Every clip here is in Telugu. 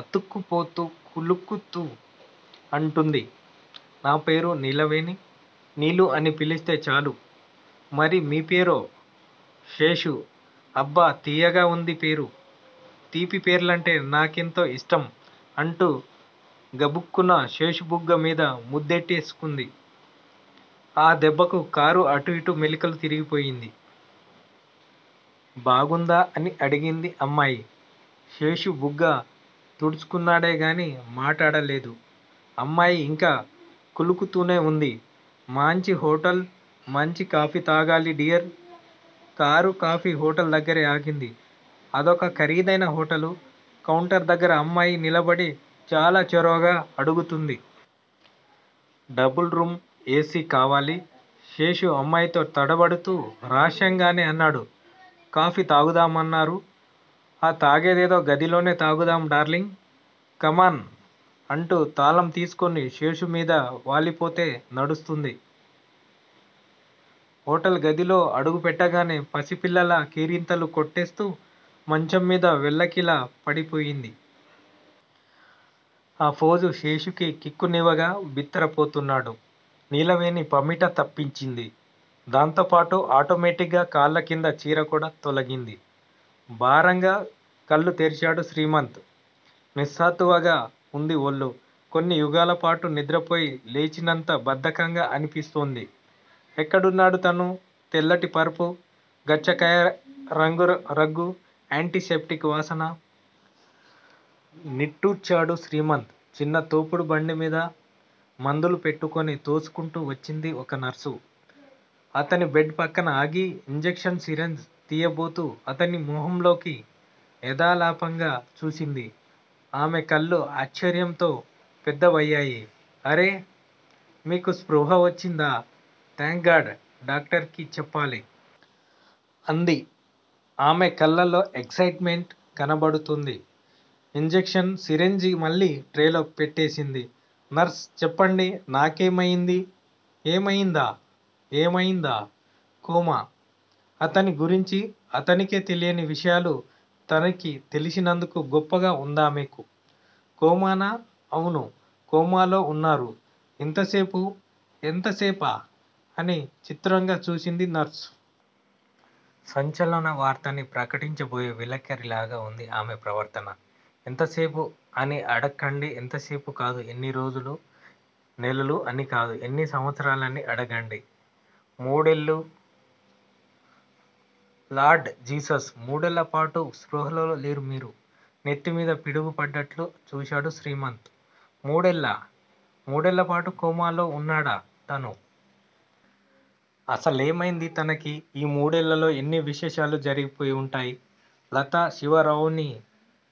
అతుక్కుపోతూ, కులుకుతూ అంటోంది. నా పేరు నీలవేణి. నీలూ అని పిలిస్తే చాలు. మరి మీ పేరో, శేషు అబ్బ తియ్యగా వుంది పేరు. తీపి పేర్లంటే నా కెంతో యిష్టం అంటూ గబుక్కున శేషుబుగ్గ మీద ముద్దెట్టేసుకుంది. ఆ దెబ్బకి కారు అటూ ఇటూ మెలికలు తిరిగిపోయింది. బాగుందా? అని అడిగింది అమ్మాయి. శేషు బుగ్గ తుడుచుకున్నాడే గాని మాటాడలేదు. అమ్మాయి యింకా కులుకుతూనే వుంది. మాంచి హోటల్లో మాంచి కాఫీ తాగాలి డియర్! కారు కాఫీ హోటల్ దగ్గిరే ఆగింది. అదొక ఖరీదైన హోటలు. కౌంటరు దగ్గిర అమ్మాయి నిలబడి చాలా చొరవగా అడుగుతుంది. Double room A. సి. కావాలి! శేషు అమ్మాయితో తడబడుతూ రహస్యంగానే అన్నాడు. 'కాఫీ తాగుదామన్నారు! ఆ తాగేదేదో గదిలోనే తాగుదాం డార్లింగ్. కమాన్ అంటూ తాళం తీసుకుని శేషు-మీద వాలిపోతే నడుస్తుంది. హోటల్ గదిలో అడుగు పెట్టగానే పసిపిల్లలా కేరింతలు కొట్టేస్తూ మంచం మీద వెల్లకిలా పడిపోయింది. ఆ ఫోజు శేషుకి కిక్కునివ్వగా బిత్తర పోతున్నాడు. నీలవేణి పమిట తప్పించింది. దాంతోపాటు ఆటోమేటిగ్గా కాళ్ళకింద చీరకూడ తొలగింది. భారంగా కళ్ళు తెరిచాడు శ్రీమంత్! నిస్సత్తువగా ఉంది ఒళ్ళు. కొన్ని యుగాలపాటు నిద్రపోయి లేచినంత బద్దకంగా అనిపిస్తోంది. ఎక్కడున్నాడు తను? తెల్లటి పరుపు, గచ్చకాయరంగు రగ్గూ, యాంటీ సెప్టిక్ వాసనా! నిట్టూర్చాడు శ్రీమంత్. చిన్న తోపుడు బండిమీద మందులు పెట్టుకుని తోసుకుంటూ వచ్చింది ఒక నర్సు. అతని బెడ్ పక్కన ఆగి, ఇంజెక్షన్ సిరెంజ్ తియ్యబోతూ అతని మొహంలోకి యధాలాపంగా చూసింది. ఆమె కళ్ళు ఆశ్చర్యంతో పెద్దవయ్యాయి. అరె! మీకు స్పృహ వచ్చిందా! Thank God! డాక్టర్ కి చెప్పాలి! అంది. ఆమె కళ్ళలో ఎక్సయిట్ మెంట్ కనబడుతోంది. ఇంజెక్షన్ సిరెంజి మళ్ళీ ట్రేలో పెట్టేసింది. నర్స్ చెప్పండి నాకేమయింది? ఏమయిందా? ఏమయిందా? కోమా! అతన్ని గురించి అతనికే తెలియని విషయాలు తనకి తెలిసినందుకు గొప్పగా ఉందామెకు. కోమానా? అవును! కోమాలో ఉన్నారు. ఎంతసేపు? ఎంతసేపా? అని చిత్రంగా చూసింది నర్సు. సంచలనవార్తని ప్రకటించబోయే విలేఖరిలాగా ఉంది ఆమె ప్రవర్తన. ఎంతసేపు అని అడక్కండి. ఎంతసేపు కాదు. ఎన్ని రోజులూ నెలలూ అని కాదు. ఎన్ని సంవత్సరాలని అడగండి. మూడేళ్ళు! Lord Jesus! మూడేళ్ళపాటు స్పృహలో లేరు మీరు! నెత్తిమీద పిడుగు పడ్డట్లు చూశాడు శ్రీమంత్. మూడేళ్ళా? మూడేళ్ళపాటు కోమాలో ఉన్నాడా తను? అసలేమైంది తనకి? ఈ మూడేళ్ళలో ఎన్ని విశేషాలు జరిగిపోయి ఉంటాయి? లతా శివరావుని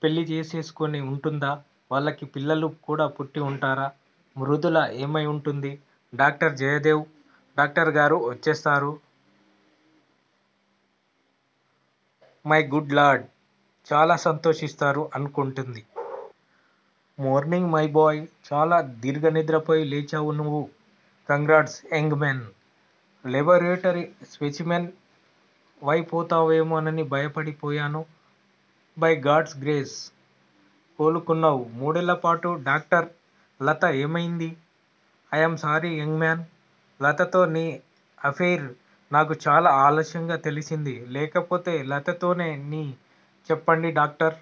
పెళ్ళి చేసేసుకుని ఉంటుందా? వాళ్ళకి పిల్లలు కూడా పుట్టి ఉంటారా? మృదుల ఏమై వుంటుంది? డాక్టర్, జయదేవ్? డాక్టరుగారు వచ్చేస్తారు! My good lord! చాలా సంతోషిస్తారు అనుకుంటోంది. Morning my boy! చాలా దీర్ఘనిద్రపోయి లేచావు నువ్వు! Congrats young men! Laboratory specimen వైపోతావేమోనని భయపడిపోయాను. బై గాడ్స్ గ్రేస్, కోలుకున్నావు. మూడేళ్ళపాటు డాక్టర్! లత ఏమైంది? I am sorry young man! లతతో నీ అఫెయిర్ నాకు చాలా ఆలస్యంగా తెలిసింది. లేకపోతే లతతోనే నీ చెప్పండి డాక్టర్!